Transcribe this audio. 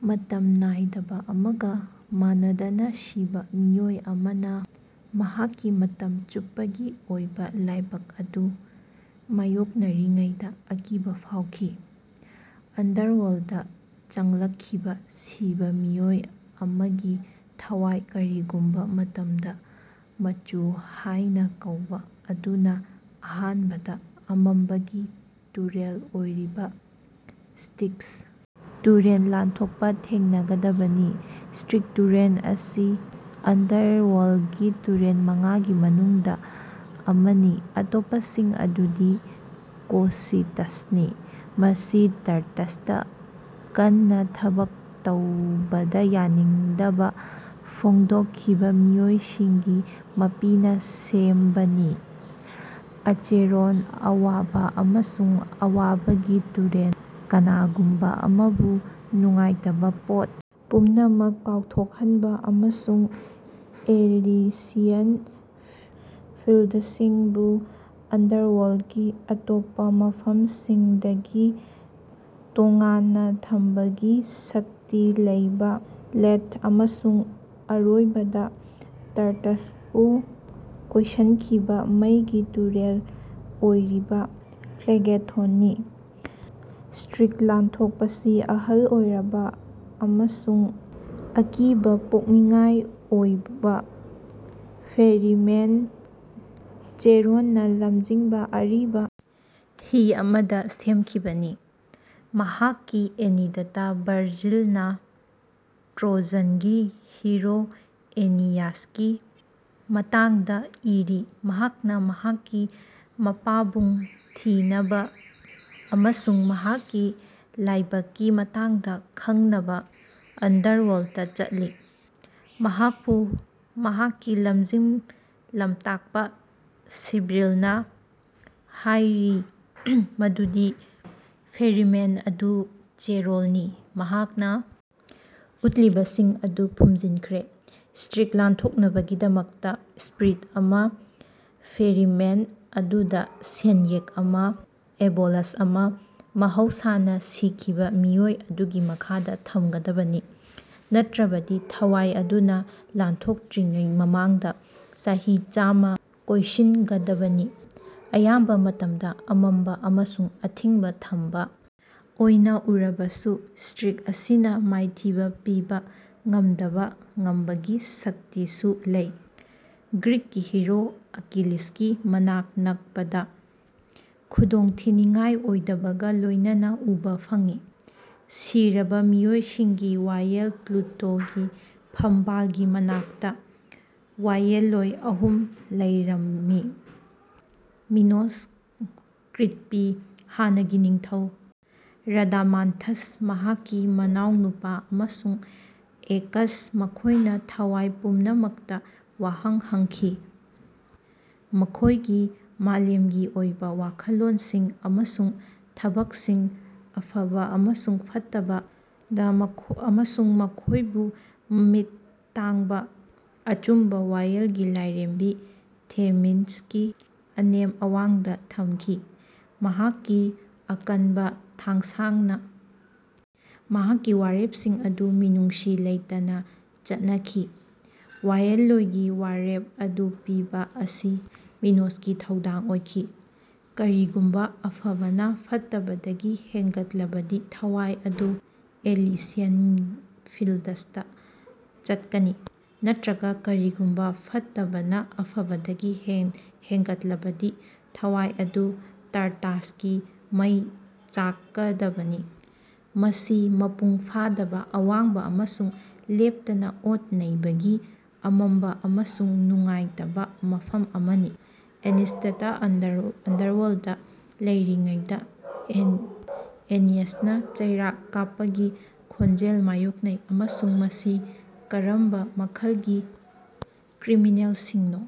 ꯃꯇꯝ ꯅꯥꯏꯗꯕ ꯑꯃꯒ ꯃꯥꯟꯅꯗꯅ ꯁꯤꯕ ꯃꯤꯑꯣꯏ ꯑꯃꯅ ꯃꯍꯥꯛꯀꯤ ꯃꯇꯝ ꯆꯨꯞꯄꯒꯤ ꯑꯣꯏꯕ ꯂꯥꯏꯕꯛ ꯑꯗꯨ ꯃꯥꯌꯣꯛꯅꯔꯤꯉꯩꯗ ꯑꯀꯤꯕ ꯐꯥꯎꯈꯤ꯫ ꯑꯟꯗꯔꯋꯥꯔꯜ꯭ꯗꯇ ꯆꯪꯂꯛꯈꯤꯕ ꯁꯤꯕ ꯃꯤꯑꯣꯏ ꯑꯃꯒꯤ ꯊꯋꯥꯏ ꯀꯔꯤꯒꯨꯝꯕ ꯃꯇꯝꯗ ꯃꯆꯨ ꯍꯥꯏꯅ ꯀꯧꯕ ꯑꯗꯨꯅ ꯑꯍꯥꯟꯕꯗ ꯑꯃꯝꯕꯒꯤ ꯇꯨꯔꯦꯜ ꯑꯣꯏꯔꯤꯕ ꯁ꯭ꯇꯤꯛꯁ ꯇꯨꯔꯦꯜ ꯂꯥꯟꯊꯣꯛꯄ ꯊꯦꯡꯅꯒꯗꯕꯅꯤ꯫ ꯁ꯭ꯇꯤꯛꯁ ꯇꯨꯔꯦꯜ ꯑꯁꯤ ꯑꯟꯗꯔꯋꯥꯔꯜꯗꯀꯤ ꯇꯨꯔꯦꯜ ꯃꯉꯥꯒꯤ ꯃꯅꯨꯡꯗ ꯑꯃꯅꯤ ꯑꯇꯣꯞꯄꯁꯤꯡ ꯑꯗꯨꯗꯤ ꯀꯣꯁꯤꯇꯁꯅꯤ ꯃꯁꯤ ꯇꯥꯔꯇꯥꯔꯁꯇ ꯀꯟꯅ ꯊꯕꯛ ꯇꯧꯕꯗ ꯌꯥꯅꯤꯡꯗꯕ ꯐꯣꯡꯗꯣꯛꯈꯤꯕ ꯃꯤꯑꯣꯏꯁꯤꯡꯒꯤ ꯃꯄꯤꯅ ꯁꯦꯝꯕꯅꯤ ꯑꯆꯦꯔꯣꯟ ꯑꯋꯥꯕ ꯑꯃꯁꯨꯡ ꯑꯋꯥꯕꯒꯤ ꯇꯨꯔꯦꯜ ꯀꯅꯥꯒꯨꯝꯕ ꯑꯃꯕꯨ ꯅꯨꯡꯉꯥꯏꯇꯕ ꯄꯣꯠ ꯄꯨꯝꯅꯃꯛ ꯀꯥꯎꯊꯣꯛꯍꯟꯕ ꯑꯃꯁꯨꯡ ꯑꯦꯂꯤꯁꯤꯌꯟ ꯐꯤꯜꯗꯁꯤꯡꯕꯨ ꯑꯟꯗꯔꯋꯥꯔꯜꯗꯀꯤ ꯑꯇꯣꯞꯄ ꯃꯐꯝꯁꯤꯡꯗꯒꯤ ꯇꯣꯉꯥꯟꯅ ꯊꯝꯕꯒꯤ ꯁꯛꯇꯤ ꯂꯩꯕ ꯂꯦꯊ ꯑꯃꯁꯨꯡ ꯑꯔꯣꯏꯕꯗ ꯇꯥꯔꯇꯥꯔꯁꯄꯨ ꯀꯣꯏꯁꯤꯟꯈꯤꯕ ꯃꯩꯒꯤ ꯇꯨꯔꯦꯜ ꯑꯣꯏꯔꯤꯕ ꯐ꯭ꯂꯦꯒꯦꯊꯣꯟꯅꯤ꯫ ꯁ꯭ꯇꯤꯛꯁ ꯂꯥꯟꯊꯣꯛꯄꯁꯤ ꯑꯍꯜ ꯑꯣꯏꯔꯕ ꯑꯃꯁꯨꯡ ꯑꯀꯤꯕ ꯄꯣꯛꯅꯤꯡꯉꯥꯏ ꯑꯣꯏꯕ ꯐꯦꯔꯤꯃꯦꯟ ꯆꯦꯔꯣꯟꯅ ꯂꯝꯖꯤꯡꯕ ꯑꯔꯤꯕ ꯍꯤ ꯑꯃꯗ ꯁꯦꯝꯈꯤꯕꯅꯤ꯫ ꯃꯍꯥꯛꯀꯤ ꯑꯦꯅꯤꯗꯇ ꯚꯔꯖꯤꯜꯅ ꯇ꯭ꯔꯣꯖꯟꯒꯤ ꯍꯤꯔꯣ ꯑꯦꯅꯤꯌꯥꯁꯀꯤ ꯃꯇꯥꯡꯗ ꯏꯔꯤ ꯃꯍꯥꯛꯅ ꯃꯍꯥꯛꯀꯤ ꯃꯄꯥꯕꯨꯡ ꯊꯤꯅꯕ ꯑꯃꯁꯨꯡ ꯃꯍꯥꯛꯀꯤ ꯂꯥꯏꯕꯛꯀꯤ ꯃꯇꯥꯡꯗ ꯈꯪꯅꯕ ꯑꯟꯗꯔꯋꯥꯔꯜꯗꯇ ꯆꯠꯂꯤ꯫ ꯃꯍꯥꯛꯄꯨ ꯃꯍꯥꯛꯀꯤ ꯂꯝꯖꯤꯡ ꯂꯝꯇꯥꯛꯄ ꯁꯤꯕꯤꯜꯅ ꯍꯥꯏꯔꯤ ꯃꯗꯨꯗꯤ ꯐꯦꯔꯤꯃꯦꯟ ꯑꯗꯨ ꯆꯦꯔꯣꯟꯅꯤ ꯃꯍꯥꯛꯅ ꯎꯠꯂꯤꯕꯁꯤꯡ ꯑꯗꯨ ꯐꯨꯝꯖꯤꯟꯈ꯭ꯔꯦ꯫ ꯁ꯭ꯇꯔꯤꯛ ꯂꯥꯟꯊꯣꯛꯅꯕꯒꯤꯗꯃꯛꯇ ꯁ꯭ꯄꯤꯔꯤꯠ ꯑꯃ ꯐꯦꯔꯤꯃꯦꯟ ꯑꯗꯨꯗ ꯁꯦꯟꯌꯦꯛ ꯑꯃ ꯑꯣꯕꯣꯂꯁ ꯑꯃ ꯃꯍꯧꯁꯥꯅ ꯁꯤꯈꯤꯕ ꯃꯤꯑꯣꯏ ꯑꯗꯨꯒꯤ ꯃꯈꯥꯗ ꯊꯝꯒꯗꯕꯅꯤ꯫ ꯅꯠꯇ꯭ꯔꯕꯗꯤ ꯊꯋꯥꯏ ꯑꯗꯨꯅ ꯂꯥꯟꯊꯣꯛꯇ꯭ꯔꯤꯉꯩ ꯃꯃꯥꯡꯗ ꯆꯍꯤ ꯆꯥꯝꯃ ꯀꯣꯏꯁꯤꯟꯒꯗꯕꯅꯤ꯫ ꯑꯌꯥꯝꯕ ꯃꯇꯝꯗ ꯑꯃꯝꯕ ꯑꯃꯁꯨꯡ ꯑꯊꯤꯡꯕ ꯊꯝꯕ ꯑꯣꯏꯅ ꯎꯔꯕꯁꯨ ꯁ꯭ꯇꯤꯛꯁ ꯑꯁꯤꯅ ꯃꯥꯏꯊꯤꯕ ꯄꯤꯕ ꯉꯝꯗꯕ ꯉꯝꯕꯒꯤ ꯁꯛꯇꯤꯁꯨ ꯂꯩ ꯒ꯭ꯔꯤꯛꯀꯤ ꯍꯤꯔꯣ ꯑꯀꯤꯂꯤꯁꯀꯤ ꯃꯅꯥꯛ ꯅꯛꯄꯗ ꯈꯨꯗꯣꯡꯊꯤꯅꯤꯡꯉꯥꯏ ꯑꯣꯏꯗꯕꯒ ꯂꯣꯏꯅꯅ ꯎꯕ ꯐꯪꯉꯤ꯫ ꯁꯤꯔꯕ ꯃꯤꯑꯣꯏꯁꯤꯡꯒꯤ ꯋꯥꯌꯦꯜ ꯄ꯭ꯂꯨꯇꯣꯒꯤ ꯐꯝꯕꯥꯜꯒꯤ ꯃꯅꯥꯛꯇ ꯋꯥꯌꯦꯜꯂꯣꯏ ꯑꯍꯨꯝ ꯂꯩꯔꯝꯃꯤ ꯃꯤꯅꯣꯁ ꯀ꯭ꯔꯤꯠꯀꯤ ꯍꯥꯟꯅꯒꯤ ꯅꯤꯡꯊꯧ ꯔꯥꯗꯥꯃꯥꯟꯊꯁ ꯃꯍꯥꯛꯀꯤ ꯃꯅꯥꯎꯅꯨꯄꯥ ꯑꯃꯁꯨꯡ ꯑꯦꯀꯁ ꯃꯈꯣꯏꯅ ꯊꯋꯥꯏ ꯄꯨꯝꯅꯃꯛꯇ ꯋꯥꯍꯪ ꯍꯪꯈꯤ ꯃꯈꯣꯏꯒꯤ ꯃꯥꯂꯦꯝꯒꯤ ꯑꯣꯏꯕ ꯋꯥꯈꯜꯂꯣꯟꯁꯤꯡ ꯑꯃꯁꯨꯡ ꯊꯕꯛꯁꯤꯡ ꯑꯐꯕ ꯑꯃꯁꯨꯡ ꯐꯠꯇꯕ, ꯘ ꯑꯃꯁꯨꯡ ꯃꯈꯣꯏꯕꯨ ꯃꯃꯤꯠ ꯇꯥꯡꯕ ꯑꯆꯨꯝꯕ ꯋꯥꯌꯦꯜꯒꯤ ꯂꯥꯏꯔꯦꯝꯕꯤ ꯊꯦꯃꯤꯁꯀꯤ ꯑꯅꯦꯝ ꯑꯋꯥꯡꯗ ꯊꯝꯈꯤ ꯃꯍꯥꯛꯀꯤ ꯑꯀꯟꯕ ꯊꯥꯡꯁꯥꯡꯅ ꯃꯍꯥꯛꯀꯤ ꯋꯥꯔꯦꯞꯁꯤꯡ ꯑꯗꯨ ꯃꯤꯅꯨꯡꯁꯤ ꯂꯩꯇꯅ ꯆꯠꯅꯈꯤ꯫ ꯋꯥꯌꯦꯜꯂꯣꯏꯒꯤ ꯋꯥꯔꯦꯞ ꯑꯗꯨ ꯄꯤꯕ ꯑꯁꯤ ꯃꯤꯅꯣꯁꯀꯤ ꯊꯧꯗꯥꯡ ꯑꯣꯏꯈꯤ꯫ ꯀꯔꯤꯒꯨꯝꯕ ꯑꯐꯕꯅ ꯐꯠꯇꯕꯗꯒꯤ ꯍꯦꯟꯒꯠꯂꯕꯗꯤ ꯊꯋꯥꯏ ꯑꯗꯨ ꯑꯦꯂꯤꯁꯤꯌꯟ ꯐꯤꯜꯗꯁꯇ ꯆꯠꯀꯅꯤ ꯅꯠꯇ꯭ꯔꯒ ꯀꯔꯤꯒꯨꯝꯕ ꯐꯠꯇꯕꯅ ꯑꯐꯕꯗꯒꯤ ꯍꯦꯟ ꯍꯦꯟꯒꯠꯂꯕꯗꯤ ꯊꯋꯥꯏ ꯑꯗꯨꯅ ꯇꯥꯔꯇꯥꯔꯁꯀꯤ ꯃꯩ ꯆꯥꯛꯀꯗꯕꯅꯤ ꯃꯁꯤ ꯃꯄꯨꯡ ꯐꯥꯗꯕ ꯑꯋꯥꯡꯕ ꯑꯃꯁꯨꯡ ꯂꯦꯞꯇꯅ ꯑꯣꯠ ꯅꯩꯕꯒꯤ ꯑꯃꯝꯕ ꯑꯃꯁꯨꯡ ꯅꯨꯡꯉꯥꯏꯇꯕ ꯃꯐꯝ ꯑꯃꯅꯤ꯫ ꯑꯦꯅꯤꯁꯗꯇ ꯑꯟꯗꯔ ꯑꯟꯗꯔꯋꯥꯔꯜꯗꯇ ꯂꯩꯔꯤꯉꯩꯗ ꯑꯦꯟ ꯑꯦꯅꯤꯌꯥꯁꯅ ꯆꯩꯔꯥꯛ ꯀꯥꯞꯄꯒꯤ ꯈꯣꯟꯖꯦꯜ ꯃꯥꯌꯣꯛꯅꯩ ꯑꯃꯁꯨꯡ ꯃꯁꯤ ꯀꯔꯝꯕ ꯃꯈꯜꯒꯤ ꯀ꯭ꯔꯤꯃꯤꯅꯦꯜꯁꯤꯡꯅꯣ?